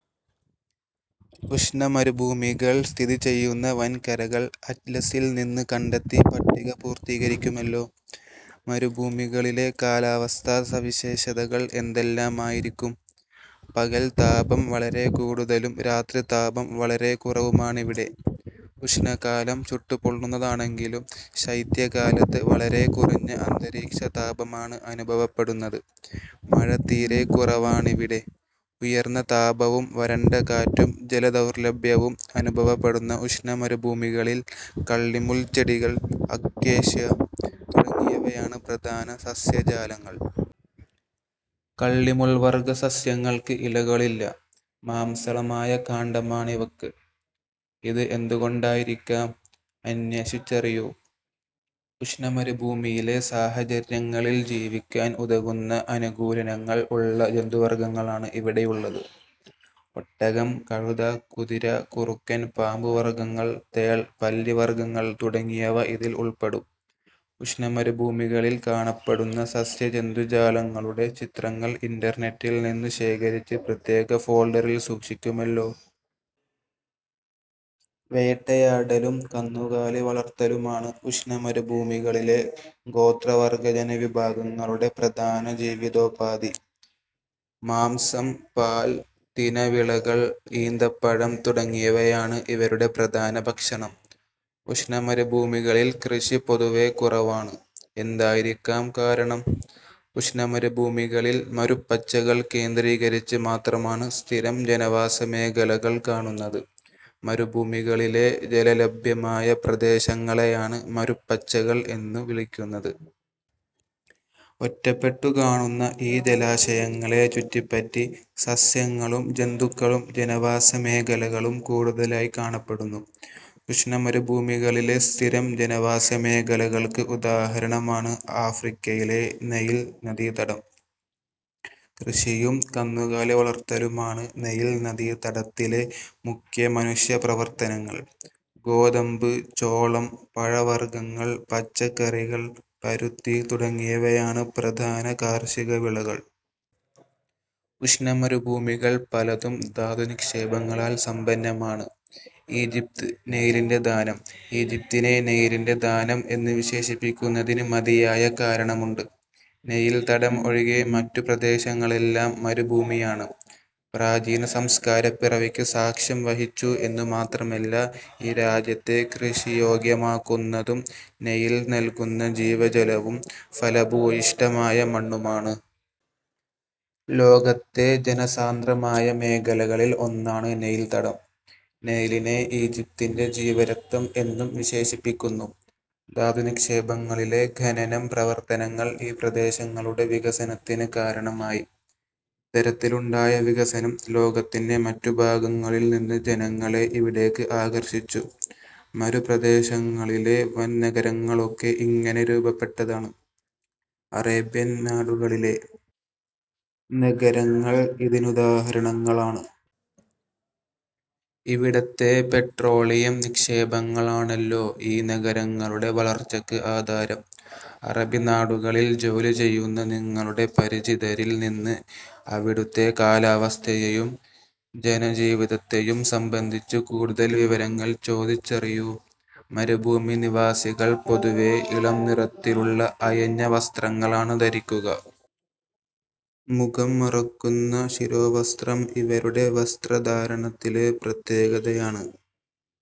ഉഷ്ണമരുഭൂമികൾ സ്ഥിതി ചെയ്യുന്ന വൻകരകൾ അറ്റ്ലസിൽ നിന്ന് കണ്ടെത്തി പട്ടിക പൂർത്തീകരിക്കുമല്ലോ. മരുഭൂമികളിലെ കാലാവസ്ഥാ സവിശേഷതകൾ എന്തെല്ലാമായിരിക്കും? പകൽ താപം വളരെ കൂടുതലും രാത്രി താപം വളരെ കുറവുമാണിവിടെ. ഉഷ്ണകാലം ചുട്ടുപൊള്ളുന്നതാണെങ്കിലും ശൈത്യകാലത്ത് വളരെ കുറഞ്ഞ അന്തരീക്ഷതാപമാണ് അനുഭവപ്പെടുന്നത്. മഴ തീരെ കുറവാണിവിടെ. ഉയർന്ന താപവും വരണ്ട കാറ്റും ജല ദൗർലഭ്യവും അനുഭവപ്പെടുന്ന ഉഷ്ണ മരുഭൂമികളിൽ കള്ളിമുൾച്ചെടികൾ, അക്കേഷ്യ, തുടങ്ങിയവയാണ് പ്രധാന സസ്യജാലങ്ങൾ. കള്ളിമുൾവർഗ്ഗ സസ്യങ്ങൾക്ക് ഇലകളില്ല. മാംസളമായ കാണ്ഡമാണിവയ്ക്ക്. ഇത് എന്തുകൊണ്ടായിരിക്കാം? അന്വേഷിച്ചറിയൂ. ഉഷ്ണ മരുഭൂമിയിലെ സാഹചര്യങ്ങളിൽ ജീവിക്കാൻ ഉതകുന്ന അനുകൂലനങ്ങൾ ഉള്ള ജന്തുവർഗ്ഗങ്ങളാണ് ഇവിടെയുള്ളത്. ഒട്ടകം, കഴുത, കുതിര, കുറുക്കൻ, പാമ്പു വർഗ്ഗങ്ങൾ, തേൾ, പല്ലിവർഗ്ഗങ്ങൾ തുടങ്ങിയവ ഇതിൽ ഉൾപ്പെടും. ഉഷ്ണമരുഭൂമികളിൽ കാണപ്പെടുന്ന സസ്യജന്തുജാലങ്ങളുടെ ചിത്രങ്ങൾ ഇന്റർനെറ്റിൽ നിന്ന് ശേഖരിച്ച് പ്രത്യേക ഫോൾഡറിൽ സൂക്ഷിക്കുമല്ലോ. വേട്ടയാടലും കന്നുകാലി വളർത്തലുമാണ് ഉഷ്ണ മരുഭൂമികളിലെ ഗോത്രവർഗ്ഗജനവിഭാഗങ്ങളുടെ പ്രധാന ജീവിതോപാധി. മാംസം, പാൽ, തിനവിളകൾ, ഈന്തപ്പഴം തുടങ്ങിയവയാണ് ഇവരുടെ പ്രധാന ഭക്ഷണം. ഉഷ്ണമരുഭൂമികളിൽ കൃഷി പൊതുവെ കുറവാണ്. എന്തായിരിക്കാം കാരണം? ഉഷ്ണമരുഭൂമികളിൽ മരുപ്പച്ചകൾ കേന്ദ്രീകരിച്ച് മാത്രമാണ് സ്ഥിരം ജനവാസമേഖലകൾ കാണുന്നത്. മരുഭൂമികളിലെ ജലലഭ്യമായ പ്രദേശങ്ങളെയാണ് മരുപ്പച്ചകൾ എന്നു വിളിക്കുന്നത്. ഒറ്റപ്പെട്ടു കാണുന്ന ഈ ജലാശയങ്ങളെ ചുറ്റിപ്പറ്റി സസ്യങ്ങളും ജന്തുക്കളും ജനവാസമേഖലകളും കൂടുതലായി കാണപ്പെടുന്നു. ഉഷ്ണ മരുഭൂമികളിലെ സ്ഥിരം ജനവാസമേഖലകൾക്ക് ഉദാഹരണമാണ് ആഫ്രിക്കയിലെ നൈൽ നദീതടം. കൃഷിയും കന്നുകാലി വളർത്തലുമാണ് നൈൽ നദീതടത്തിലെ മുഖ്യ മനുഷ്യപ്രവർത്തനങ്ങൾ. ഗോതമ്പ്, ചോളം, പഴവർഗ്ഗങ്ങൾ, പച്ചക്കറികൾ, പരുത്തി തുടങ്ങിയവയാണ് പ്രധാന കാർഷികവിളകൾ. ഉഷ്ണ മരുഭൂമികൾ പലതും ധാതുനിക്ഷേപങ്ങളാൽ സമ്പന്നമാണ്. ഈജിപ്ത്: നൈലിന്റെ ദാനം ഈജിപ്തിനെ നൈലിന്റെ ദാനം എന്ന് വിശേഷിപ്പിക്കുന്നതിന് മതിയായ കാരണമുണ്ട്. നൈൽ തടം ഒഴികെ മറ്റു പ്രദേശങ്ങളെല്ലാം മരുഭൂമിയാണ്. പ്രാചീന സംസ്കാരപ്പിറവിക്ക് സാക്ഷ്യം വഹിച്ചു എന്നുമാത്രമല്ല, ഈ രാജ്യത്തെ കൃഷിയോഗ്യമാക്കുന്നതും നൈൽ നൽകുന്ന ജീവജലവും ഫലഭൂയിഷ്ഠമായ മണ്ണുമാണ്. ലോകത്തെ ജനസാന്ദ്രമായ മേഖലകളിൽ ഒന്നാണ് നൈൽ തടം. നൈലിനെ ഈജിപ്തിന്റെ ജീവരക്തം എന്നും വിശേഷിപ്പിക്കുന്നു. ധാതു നിക്ഷേപങ്ങളിലെ ഖനനം പ്രവർത്തനങ്ങൾ ഈ പ്രദേശങ്ങളുടെ വികസനത്തിന് കാരണമായി. ഇത്തരത്തിലുണ്ടായ വികസനം ലോകത്തിന്റെ മറ്റു ഭാഗങ്ങളിൽനിന്ന് ജനങ്ങളെ ഇവിടേക്ക് ആകർഷിച്ചു. മരുപ്രദേശങ്ങളിലെ വൻനഗരങ്ങളൊക്കെ ഇങ്ങനെ രൂപപ്പെട്ടതാണ്. അറേബ്യൻ നാടുകളിലെ നഗരങ്ങൾ ഇതിനുദാഹരണങ്ങളാണ്. ഇവിടത്തെ പെട്രോളിയം നിക്ഷേപങ്ങളാണല്ലോ ഈ നഗരങ്ങളുടെ വളർച്ചയ്ക്ക് ആധാരം. അറബിനാടുകളിൽ ജോലി ചെയ്യുന്ന നിങ്ങളുടെ പരിചിതരിൽ നിന്ന് അവിടുത്തെ കാലാവസ്ഥയെയും ജന ജീവിതത്തെയും സംബന്ധിച്ച് കൂടുതൽ വിവരങ്ങൾ ചോദിച്ചറിയൂ. മരുഭൂമി നിവാസികൾ പൊതുവേ ഇളംനിറത്തിലുള്ള അയഞ്ഞ വസ്ത്രങ്ങളാണ് ധരിക്കുക. മുഖം മറയ്ക്കുന്ന ശിരോവസ്ത്രം ഇവരുടെ വസ്ത്രധാരണത്തിലെ പ്രത്യേകതയാണ്.